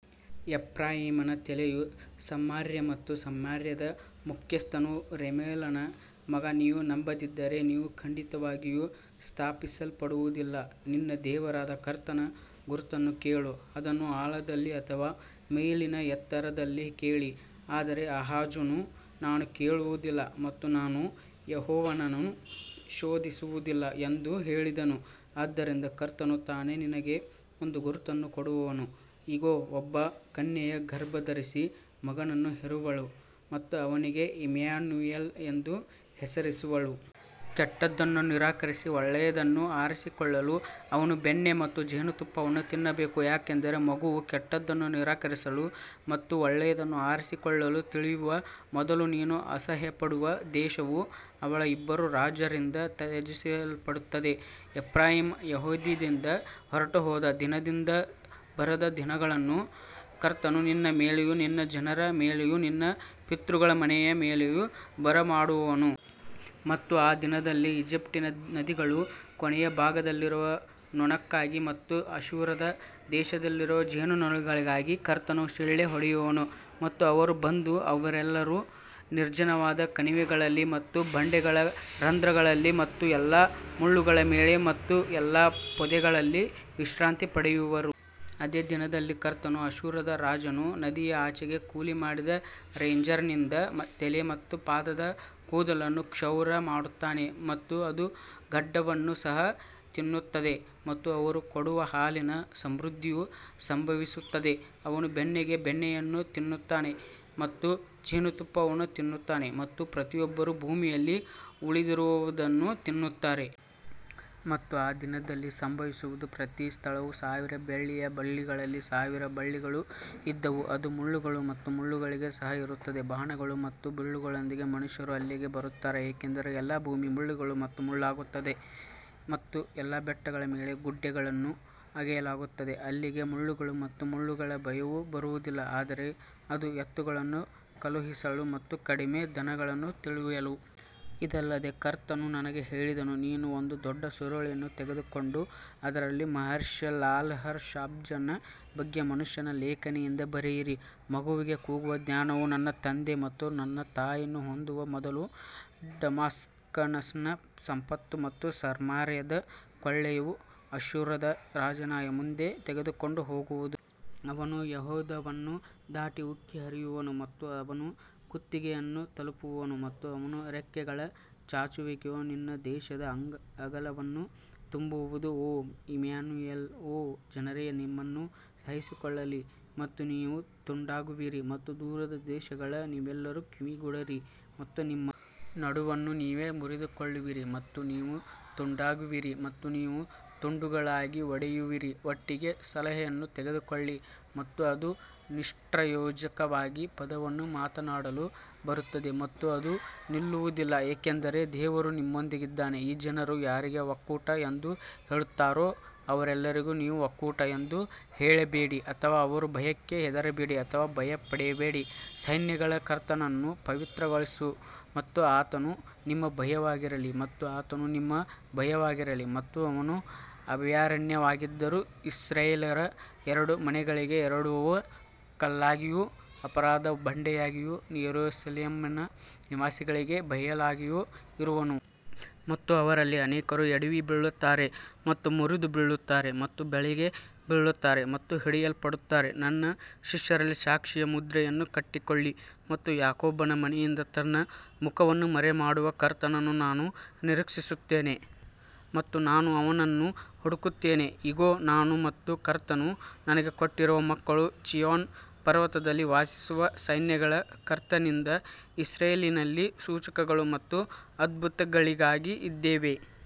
ಎಫ್ರಾಯೀಮನ ತಲೆಯು ಸಮಾರ್ಯ ಮತ್ತು ಸಮಾರ್ಯದ ಮುಖ್ಯಸ್ಥನು ರೆಮಲ್ಯನ ಮಗ, ನೀವು ನಂಬದಿದ್ದರೆ ನೀವು ಖಂಡಿತವಾಗಿಯೂ ಸ್ಥಾಪಿಸಲ್ಪಡುವುದಿಲ್ಲ. ನಿನ್ನ ದೇವರಾದ ಕರ್ತನ ಗುರುತನ್ನು ಕೇಳು, ಅದನ್ನು ಆಳದಲ್ಲಿ ಅಥವಾ ಮೇಲಿನ ಎತ್ತರದಲ್ಲಿ ಕೇಳಿ ಆದರೆ ಆಹಾಜನು ನಾನು ಕೇಳುವುದಿಲ್ಲ ಮತ್ತು ನಾನು ಯೆಹೋವನನ್ನು ಶೋಧಿಸುವುದಿಲ್ಲ ಎಂದು ಹೇಳಿದನು ಆದುದರಿಂದ ಕರ್ತನು ತಾನೇ ನಿನಗೆ ಒಂದು ಗುರುತನ್ನು ಕೊಡುವನು, ಇಗೋ, ಒಬ್ಬ ಕನ್ಯೆಯು ಗರ್ಭಧರಿಸಿ ಮಗನನ್ನು ಹೆರುವಳು ಮತ್ತು ಅವನಿಗೆ ಇಮ್ಯಾನುಯೆಲ್ ಎಂದು ಹೆಸರಿಸುವಳು. ಕೆಟ್ಟದ್ದನ್ನು ನಿರಾಕರಿಸಿ ಒಳ್ಳೆಯದನ್ನು ಆರಿಸಿಕೊಳ್ಳಲು ಅವನು ಬೆಣ್ಣೆ ಮತ್ತು ಜೇನುತುಪ್ಪವನ್ನು ತಿನ್ನಬೇಕು ಯಾಕಂದರೆ ಮಗುವು ಕೆಟ್ಟದ್ದನ್ನು ನಿರಾಕರಿಸಲು ಮತ್ತು ಒಳ್ಳೆಯದನ್ನು ಆರಿಸಿಕೊಳ್ಳಲು ತಿಳಿಯುವ ಮೊದಲು ನೀನು ಅಸಹ್ಯಪಡುವ ದೇಶವು ಅವಳ ಇಬ್ಬರೂ ರಾಜರಿಂದ ತ್ಯಜಿಸಲ್ಪಡುತ್ತದೆ. ಎಫ್ರಾಯೀಮ್ ಯೆಹೂದದಿಂದ ಹೊರಟುಹೋದ ದಿನದಿಂದ ಬರದ ದಿನಗಳನ್ನು ಕರ್ತನು ನಿನ್ನ ಮೇಲೆಯೂ ನಿನ್ನ ಜನರ ಮೇಲೆಯೂ ನಿನ್ನ ಪಿತೃಗಳ ಮನೆಯ ಮೇಲೆಯೂ ಬರಮಾಡುವನು. ಮತ್ತು ಆ ದಿನದಲ್ಲಿ ಈಜಿಪ್ಟಿನ ನದಿಗಳ ಕೊನೆಯ ಭಾಗದಲ್ಲಿರುವ ನೊಣಕ್ಕಾಗಿ ಮತ್ತು ಅಶ್ಶೂರದ ದೇಶದಲ್ಲಿರುವ ಜೇನುನೊಣಗಳಿಗಾಗಿ ಕರ್ತನು ಸಿಳ್ಳೆ ಹೊಡೆಯುವನು. ಮತ್ತು ಅವರು ಬಂದು ಅವರೆಲ್ಲರೂ ನಿರ್ಜನವಾದ ಕಣಿವೆಗಳಲ್ಲಿ ಮತ್ತು ಬಂಡೆಗಳ ರಂಧ್ರಗಳಲ್ಲಿ ಮತ್ತು ಎಲ್ಲಾ ಮುಳ್ಳುಗಳ ಮೇಲೆ ಮತ್ತು ಎಲ್ಲಾ ಪೊದೆಗಳಲ್ಲಿ ವಿಶ್ರಾಂತಿ ಪಡೆಯುವರು. ಅದೇ ದಿನದಲ್ಲಿ ಕರ್ತನು ಅಶ್ಶೂರದ ರಾಜನು ನದಿಯ ಆಚೆಗೆ ಕೂಲಿಮಾಡಿದ ರೇಜರ್ನಿಂದ ತಲೆ ಮತ್ತು ಪಾದದ ಕೂದಲನ್ನು ಕ್ಷೌರ ಮಾಡುತ್ತಾನೆ ಮತ್ತು ಅದು ಗಡ್ಡವನ್ನು ಸಹ ತಿನ್ನುತ್ತದೆ. ಮತ್ತು ಅವರು ಕೊಡುವ ಹಾಲಿನ ಸಮೃದ್ಧಿಯು ಸಂಭವಿಸುತ್ತದೆ, ಅವನು ಬೆಣ್ಣೆಗೆ ಬೆಣ್ಣೆಯನ್ನು ತಿನ್ನುತ್ತಾನೆ ಮತ್ತು ಜೇನುತುಪ್ಪವನ್ನು ತಿನ್ನುತ್ತಾನೆ ಮತ್ತು ಪ್ರತಿಯೊಬ್ಬರೂ ಭೂಮಿಯಲ್ಲಿ ಉಳಿದಿರುವದನ್ನು ತಿನ್ನುತ್ತಾರೆ. ಮತ್ತು ಆ ದಿನದಲ್ಲಿ ಸಂಭವಿಸುವದು, ಪ್ರತಿ ಸ್ಥಳವು ಸಾವಿರ ಬೆಳ್ಳಿಯ ಬಳ್ಳಿಗಳಲ್ಲಿ ಸಾವಿರ ಬಳ್ಳಿಗಳು ಇದ್ದವು, ಅದು ಮುಳ್ಳುಗಳು ಮತ್ತು ಮುಳ್ಳುಗಳಿಗೆ ಸಹ ಇರುತ್ತದೆ. ಬಾಣಗಳು ಮತ್ತು ಬಿಲ್ಲುಗಳೊಂದಿಗೆ ಮನುಷ್ಯರು ಅಲ್ಲಿಗೆ ಬರುತ್ತಾರೆ ಏಕೆಂದರೆ ಎಲ್ಲಾ ಭೂಮಿ ಮುಳ್ಳುಗಳು ಮತ್ತು ಮುಳ್ಳುಗಳಾಗುತ್ತದೆ ಮತ್ತು ಎಲ್ಲಾ ಬೆಟ್ಟಗಳ ಮೇಲೆ ಗುಡ್ಡೆಗಳನ್ನು ಅಗೆಯಲಾಗುತ್ತದೆ, ಅಲ್ಲಿಗೆ ಮುಳ್ಳುಗಳು ಮತ್ತು ಮುಳ್ಳುಗಳ ಭಯವು ಬರುವುದಿಲ್ಲ, ಆದರೆ ಅದು ಎತ್ತುಗಳನ್ನು ಕಳುಹಿಸಲು ಮತ್ತು ಕಡಿಮೆ ದನಗಳನ್ನು ತುಳಿಯಲು. ಇದಲ್ಲದೆ ಕರ್ತನು ನನಗೆ ಹೇಳಿದನು, ನೀನು ಒಂದು ದೊಡ್ಡ ಸುರುಳಿಯನ್ನು ತೆಗೆದುಕೊಂಡು ಅದರಲ್ಲಿ ಮಹೇರ್ಶಾಲಾಲ್ಹಾಷ್ಬಾಜ್ನ ಬಗ್ಗೆ ಮನುಷ್ಯನ ಲೇಖನಿಯಿಂದ ಬರೆಯಿರಿ. ಮಗುವಿಗೆ ಕೂಗುವ ಜ್ಞಾನವು ನನ್ನ ತಂದೆ ಮತ್ತು ನನ್ನ ತಾಯಿಯನ್ನು ಹೊಂದುವ ಮೊದಲು ಡಮಾಸ್ಕಸ್ನ ಸಂಪತ್ತು ಮತ್ತು ಸಮಾರ್ಯದ ಕೊಳ್ಳೆಯು ಅಶ್ಶೂರದ ರಾಜನ ಮುಂದೆ ತೆಗೆದುಕೊಂಡು ಹೋಗುವುದು. ಅವನು ಯೆಹೂದವನ್ನು ದಾಟಿ ಉಕ್ಕಿ ಹರಿಯುವನು ಮತ್ತು ಅವನು ಕುತ್ತಿಗೆಯನ್ನು ತಲುಪುವನು ಮತ್ತು ಅವನ ರೆಕ್ಕೆಗಳ ಚಾಚುವಿಕೆಯು ನಿನ್ನ ದೇಶದ ಅಗಲವನ್ನು ತುಂಬುವದು ಓ ಇಮ್ಯಾನುಯೆಲ್ ಓ ಜನರೇ ನಿಮ್ಮನ್ನು ಸಹಿಸಿಕೊಳ್ಳಿ ಮತ್ತು ನೀವು ತುಂಡಾಗುವಿರಿ ಮತ್ತು ದೂರದ ದೇಶಗಳ ನೀವೆಲ್ಲರೂ ಕಿವಿಗೊಡಿರಿ ಮತ್ತು ನಿಮ್ಮ ನಡುವನ್ನು ನೀವೇ ಮುರಿದುಕೊಳ್ಳುವಿರಿ ಮತ್ತು ನೀವು ತುಂಡಾಗುವಿರಿ ಮತ್ತು ನೀವು ತುಂಡುಗಳಾಗಿ ಒಡೆಯುವಿರಿ ಒಟ್ಟಿಗೆ ಸಲಹೆಯನ್ನು ತೆಗೆದುಕೊಳ್ಳಿ ಮತ್ತು ಅದು ನಿಷ್ಪ್ರಯೋಜಕವಾಗಿ ಪದವನ್ನು ಮಾತನಾಡಲು ಬರುತ್ತದೆ ಮತ್ತು ಅದು ನಿಲ್ಲುವುದಿಲ್ಲ ಏಕೆಂದರೆ ದೇವರು ನಮ್ಮೊಂದಿಗಿದ್ದಾನೆ ಈ ಜನರು ಯಾರಿಗೆ ಒಕ್ಕೂಟ ಎಂದು ಹೇಳುತ್ತಾರೋ ಅವರೆಲ್ಲರಿಗೂ ನೀವು ಒಕ್ಕೂಟ ಎಂದು ಹೇಳಬೇಡಿ ಅಥವಾ ಅವರ ಭಯಕ್ಕೆ ಹೆದರಬೇಡಿ ಅಥವಾ ಭಯಪಡಬೇಡಿ ಸೈನ್ಯಗಳ ಕರ್ತನನ್ನು ಪವಿತ್ರಗೊಳಿಸು ಮತ್ತು ಆತನು ನಿಮ್ಮ ಭಯವಾಗಿರಲಿ ಮತ್ತು ಆತನು ನಿಮ್ಮ ಭಯವಾಗಿರಲಿ ಮತ್ತು ಅವನು ಅಭಯಾರಣ್ಯವಾಗಿದ್ದರೂ ಇಸ್ರಾಯೇಲ್ಯರ ಎರಡೂ ಮನೆಗಳಿಗೆ ಎಡವುವ ಕಲ್ಲಾಗಿಯೂ ಅಪರಾಧದ ಬಂಡೆಯಾಗಿಯೂ ಯೆರೂಸಲೇಮಿನ ನಿವಾಸಿಗಳಿಗೆ ಬಲೆಯಾಗಿಯೂ ಇರುವನು. ಮತ್ತು ಅವರಲ್ಲಿ ಅನೇಕರು ಎಡವಿ ಬೀಳುತ್ತಾರೆ ಮತ್ತು ಮುರಿದು ಬೀಳುತ್ತಾರೆ ಮತ್ತು ಬಲೆಗೆ ಬೀಳುತ್ತಾರೆ ಮತ್ತು ಹಿಡಿಯಲ್ಪಡುತ್ತಾರೆ ನನ್ನ ಶಿಷ್ಯರಲ್ಲಿ ಸಾಕ್ಷಿಯ ಮುದ್ರೆಯನ್ನು ಕಟ್ಟಿಕೊಳ್ಳಿ ಮತ್ತು ಯಾಕೋಬನ ಮನೆಯಿಂದ ತನ್ನ ಮುಖವನ್ನು ಮರೆಮಾಡುವ ಕರ್ತನನ್ನು ನಾನು ನಿರೀಕ್ಷಿಸುತ್ತೇನೆ ಮತ್ತು ನಾನು ಅವನನ್ನು ಹುಡುಕುತ್ತೇನೆ. ಇಗೋ, ನಾನು ಮತ್ತು ಕರ್ತನು ನನಗೆ ಕೊಟ್ಟಿರುವ ಮಕ್ಕಳು ಚೀಯೋನ್ ಪರ್ವತದಲ್ಲಿ ವಾಸಿಸುವ ಸೈನ್ಯಗಳ ಕರ್ತನಿಂದ ಇಸ್ರಾಯೇಲಿನಲ್ಲಿ ಸೂಚಕಗಳು ಮತ್ತು ಅದ್ಭುತಗಳಿಗಾಗಿ ಇದ್ದೇವೆ.